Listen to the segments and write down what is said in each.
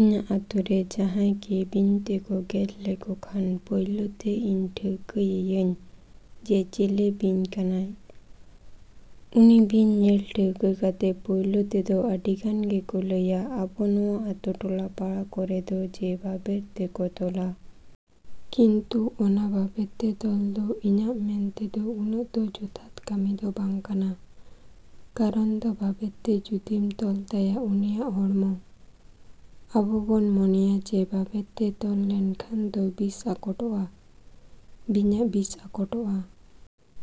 ᱤᱧᱟᱹᱜ ᱟᱹᱛᱩᱨᱮ ᱡᱟᱦᱟᱸᱭ ᱜᱮ ᱵᱤᱧ ᱛᱮᱠᱚ ᱜᱮᱨ ᱞᱮᱠᱚ ᱠᱷᱟᱱ ᱯᱳᱭᱞᱳ ᱛᱮ ᱤᱧ ᱴᱷᱟᱹᱣᱠᱟᱹᱭᱮᱭᱟᱹᱧ ᱡᱮ ᱪᱤᱞᱤ ᱵᱤᱧ ᱠᱟᱱᱟᱭ᱾ ᱩᱱᱤ ᱵᱤᱧ ᱧᱮᱞ ᱴᱷᱟᱹᱣᱠᱟᱹ ᱠᱟᱛᱮᱫ ᱯᱳᱭᱞᱳ ᱛᱮᱫᱚ ᱟᱹᱰᱤᱜᱟᱱ ᱜᱮᱠᱚ ᱞᱟᱹᱭᱟ ᱟᱵᱚ ᱱᱚᱣᱟ ᱟᱹᱛᱩ ᱴᱚᱞᱟ ᱯᱟᱲᱟ ᱠᱚᱨᱮᱫ ᱫᱚ ᱡᱮ ᱵᱟᱵᱮᱨ ᱛᱮᱠᱚ ᱛᱚᱞᱟ᱾ ᱠᱤᱱᱛᱩ ᱚᱱᱟ ᱵᱟᱵᱮᱨ ᱛᱮ ᱛᱚᱞ ᱫᱚ ᱤᱧᱟᱜ ᱢᱮᱱ ᱛᱮᱫᱚ ᱩᱱᱟᱹᱜ ᱫᱚ ᱡᱚᱛᱷᱟᱛ ᱠᱟᱹᱢᱤ ᱫᱚ ᱵᱟᱝ ᱠᱟᱱᱟ᱾ ᱠᱟᱨᱚᱱ ᱫᱚ ᱵᱟᱵᱮᱨ ᱛᱮ ᱡᱩᱫᱤᱢ ᱛᱚᱞ ᱛᱟᱭᱟ ᱩᱱᱤᱭᱟᱜ ᱦᱚᱲᱢᱚ, ᱟᱵᱚ ᱵᱚᱱ ᱢᱚᱱᱮᱭᱟ ᱡᱮ ᱵᱟᱵᱮᱨ ᱛᱮ ᱛᱚᱞ ᱞᱮᱱᱠᱷᱟᱱ ᱫᱚ ᱵᱤᱥ ᱟᱠᱚᱴᱚᱜᱼᱟ, ᱵᱤᱧᱟᱜ ᱵᱤᱥ ᱟᱠᱚᱴᱚᱜᱼᱟ᱾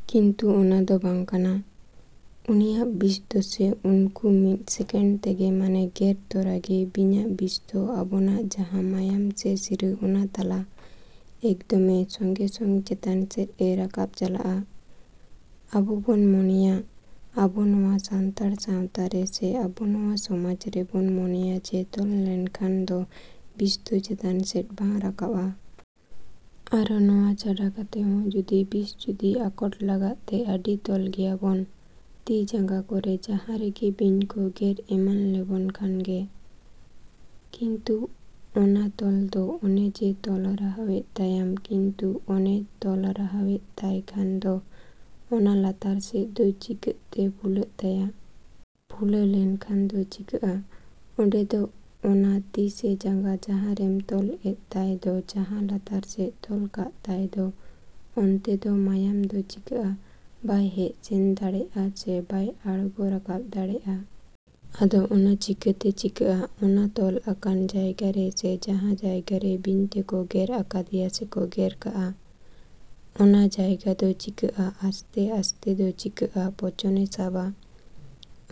ᱠᱤᱱᱛᱩ ᱚᱱᱟ ᱫᱚ ᱵᱟᱝ ᱠᱟᱱᱟ᱾ ᱩᱱᱤᱭᱟᱜ ᱵᱤᱥ ᱫᱚᱥᱮ ᱩᱱᱠᱩ ᱢᱤᱫ ᱥᱮᱠᱮᱱᱰ ᱛᱮᱜᱮ ᱢᱟᱱᱮ ᱜᱮᱨ ᱛᱚᱨᱟᱜᱮ ᱵᱤᱧᱟᱜ ᱵᱤᱥ ᱫᱚ ᱟᱵᱚᱱᱟᱜ ᱡᱟᱦᱟᱸ ᱢᱟᱭᱟᱢ ᱥᱮ ᱥᱤᱨᱟᱹ ᱚᱱᱟ ᱛᱟᱞᱟ ᱮᱠᱫᱚᱢᱮ ᱥᱚᱸᱜᱮᱼᱥᱚᱸᱜᱮ ᱪᱮᱛᱟᱱ ᱥᱮᱫᱼᱮ ᱨᱟᱠᱟᱵ ᱪᱟᱞᱟᱜᱼᱟ᱾ ᱟᱵᱚ ᱵᱚᱱ ᱢᱚᱱᱮᱭᱟ ᱟᱵᱚ ᱱᱚᱣᱟ ᱥᱟᱱᱛᱟᱲ ᱥᱟᱶᱛᱟ ᱨᱮ ᱥᱮ ᱟᱵᱚ ᱱᱚᱣᱟ ᱥᱚᱢᱟᱡᱽ ᱨᱮᱵᱚᱱ ᱢᱚᱱᱮᱭᱟ ᱡᱮ ᱛᱚᱞ ᱞᱮᱱᱠᱷᱟᱱ ᱫᱚ ᱵᱤᱥ ᱫᱚ ᱪᱮᱛᱟᱱ ᱥᱮᱫ ᱵᱟᱝ ᱨᱟᱠᱟᱵᱟ᱾ ᱟᱨᱚ ᱱᱚᱣᱟ ᱪᱷᱟᱰᱟ ᱠᱟᱛᱮᱫ ᱦᱚᱸ ᱡᱩᱫᱤ ᱵᱤᱥ ᱡᱩᱫᱤ ᱟᱠᱚᱴ ᱞᱟᱜᱟᱱ ᱛᱮ ᱟᱹᱰᱤ ᱛᱚᱞ ᱜᱮᱭᱟᱵᱚᱱ ᱛᱤ ᱡᱟᱸᱜᱟ ᱠᱚᱨᱮᱫ ᱡᱟᱦᱟᱸ ᱨᱮᱜᱮ ᱵᱤᱧ ᱠᱚ ᱜᱮᱨ ᱮᱢᱟᱱ ᱞᱮᱵᱚᱱ ᱠᱷᱟᱱ ᱜᱮ᱾ ᱠᱤᱱᱛᱩ ᱚᱱᱟ ᱛᱚᱞ ᱫᱚ ᱚᱱᱮ ᱡᱮ ᱛᱚᱞ ᱨᱟᱦᱟᱣᱮᱫ ᱛᱟᱭᱟᱢ ᱠᱤᱱᱛᱩ ᱚᱱᱮᱢ ᱛᱚᱞ ᱨᱟᱦᱟᱣᱮᱫ ᱛᱟᱭ ᱠᱷᱟᱱ ᱫᱚ ᱚᱱᱟ ᱞᱟᱛᱟᱨ ᱥᱮᱫ ᱫᱚ ᱪᱤᱠᱟᱹᱜ ᱛᱮ ᱯᱷᱩᱞᱟᱹᱜ ᱛᱟᱭᱟ? ᱯᱷᱩᱞᱟᱹᱣ ᱞᱮᱱᱠᱷᱟᱱ ᱫᱚ ᱪᱤᱠᱟᱹᱜᱼᱟ ᱚᱸᱰᱮ ᱫᱚ ᱚᱱᱟ ᱛᱤ ᱥᱮ ᱡᱟᱸᱜᱟ ᱡᱟᱦᱟᱸ ᱨᱮᱢ ᱛᱚᱞ ᱮᱫ ᱛᱟᱭ ᱫᱚ ᱡᱟᱦᱟᱸ ᱞᱟᱛᱟᱨ ᱥᱮᱱ ᱛᱚᱞ ᱠᱟᱜ ᱛᱟᱭ ᱫᱚ ᱚᱱᱛᱮ ᱫᱚ ᱢᱟᱭᱟᱢ ᱫᱚ ᱪᱤᱠᱟᱹᱜᱼᱟ ᱵᱟᱭ ᱦᱮᱡ ᱥᱮᱱ ᱫᱟᱲᱮᱜᱼᱟ ᱥᱮ ᱵᱟᱭ ᱟᱲᱜᱚ ᱨᱟᱠᱟᱵ ᱫᱟᱲᱮᱜᱼᱟ᱾ ᱟᱫᱚ ᱚᱱᱟ ᱪᱤᱠᱟᱹᱛᱮ ᱪᱤᱠᱟᱹᱜᱼᱟ ᱚᱱᱟ ᱛᱚᱞ ᱟᱠᱟᱱ ᱡᱟᱭᱜᱟ ᱨᱮ ᱥᱮ ᱡᱟᱦᱟᱸ ᱡᱟᱭᱜᱟ ᱨᱮ ᱵᱤᱧ ᱛᱮᱠᱚ ᱜᱮᱨ ᱟᱠᱟᱫᱮᱭᱟ ᱥᱮᱠᱚ ᱜᱮᱨ ᱠᱟᱜᱼᱟ᱾ ᱚᱱᱟ ᱡᱟᱭᱜᱟ ᱫᱚ ᱪᱤᱠᱟᱹᱜᱼᱟ ᱟᱥᱛᱮ ᱟᱥᱛᱮ ᱫᱚ ᱪᱤᱠᱟᱹᱜᱼᱟ ᱯᱚᱪᱚᱱᱮ ᱥᱟᱵᱟ᱾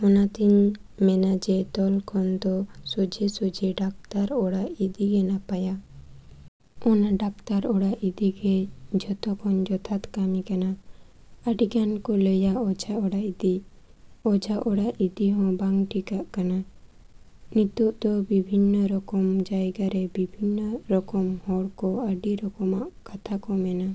ᱚᱱᱟᱛᱤᱧ ᱢᱮᱱᱟ ᱡᱮ ᱛᱚᱞ ᱠᱷᱚᱱ ᱫᱚ ᱥᱚᱡᱷᱮᱼᱥᱚᱡᱷᱮ ᱰᱟᱠᱛᱟᱨ ᱚᱲᱟᱜ ᱤᱫᱤᱜᱮ ᱱᱟᱯᱟᱭᱟ᱾ ᱚᱱᱟ ᱰᱟᱠᱛᱟᱨ ᱚᱲᱟᱜ ᱤᱫᱤᱜᱮ ᱡᱷᱚᱛᱚ ᱠᱷᱚᱱ ᱡᱚᱛᱷᱟᱛ ᱠᱟᱹᱢᱤ ᱠᱟᱱᱟ᱾ ᱟᱹᱰᱤᱜᱟᱱ ᱠᱚ ᱞᱟᱹᱭᱟ ᱚᱡᱷᱟ ᱚᱲᱟᱜ ᱤᱫᱤ᱾ ᱚᱡᱷᱟ ᱚᱲᱟᱜ ᱤᱫᱤ ᱦᱚᱸ ᱵᱟᱝ ᱴᱷᱤᱠᱟᱹᱜ ᱠᱟᱱᱟ᱾ ᱱᱤᱛᱚᱜ ᱫᱚ ᱵᱤᱵᱷᱤᱱᱱᱚ ᱨᱚᱠᱚᱢ ᱡᱟᱭᱜᱟᱨᱮ ᱵᱤᱵᱷᱤᱱᱱᱚ ᱨᱚᱠᱚᱢ ᱦᱚᱲᱠᱚ ᱟᱹᱰᱤ ᱨᱚᱠᱚᱢᱟᱜ ᱠᱟᱛᱷᱟ ᱠᱚ ᱢᱮᱱᱟ᱾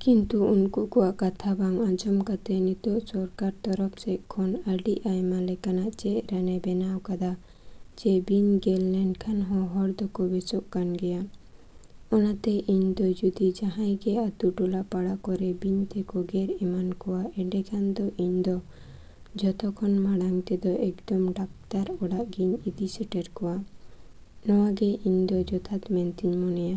ᱠᱤᱱᱛᱩ ᱩᱱᱠᱩ ᱠᱚᱣᱟᱜ ᱠᱟᱛᱷᱟ ᱵᱟᱝ ᱟᱸᱡᱚᱢ ᱠᱟᱛᱮᱫ ᱱᱤᱛᱚᱜ ᱥᱚᱨᱠᱟᱨ ᱛᱚᱨᱚᱯᱷ ᱥᱮᱫ ᱠᱷᱚᱱ ᱟᱹᱰᱤ ᱟᱭᱢᱟ ᱞᱮᱠᱟᱱᱟᱜ ᱪᱮᱫ ᱨᱟᱱᱮ ᱵᱮᱱᱟᱣ ᱠᱟᱫᱟ ᱡᱮ ᱵᱤᱧ ᱜᱮᱨ ᱞᱮᱱᱠᱷᱟᱱ ᱦᱚᱸ ᱦᱚᱲ ᱫᱚᱠᱚ ᱵᱮᱥᱚᱜ ᱠᱟᱱ ᱜᱮᱭᱟ᱾ ᱚᱱᱟᱛᱮ ᱤᱧ ᱫᱚ ᱡᱩᱫᱤ ᱡᱟᱦᱟᱸᱭᱜᱮ ᱟᱹᱛᱩ ᱴᱚᱞᱟ ᱯᱟᱲᱟ ᱠᱚᱨᱮᱫ ᱵᱤᱧ ᱛᱮᱠᱚ ᱜᱮᱨ ᱮᱢᱟᱱ ᱠᱚᱣᱟ ᱮᱸᱰᱮᱠᱷᱟᱱ ᱫᱚ ᱤᱧ ᱫᱚ ᱡᱷᱚᱛᱚ ᱠᱷᱚᱱ ᱢᱟᱲᱟᱝ ᱛᱮᱫᱚ ᱮᱠᱫᱚᱢ ᱰᱟᱠᱛᱟᱨ ᱚᱲᱟᱜ ᱜᱮᱧ ᱤᱫᱤ ᱥᱮᱴᱮᱨ ᱠᱚᱣᱟ᱾ ᱱᱚᱣᱟᱜᱮ ᱤᱧ ᱫᱚ ᱡᱚᱛᱷᱟᱛ ᱢᱮᱱᱛᱤᱧ ᱢᱚᱱᱮᱭᱟ᱾।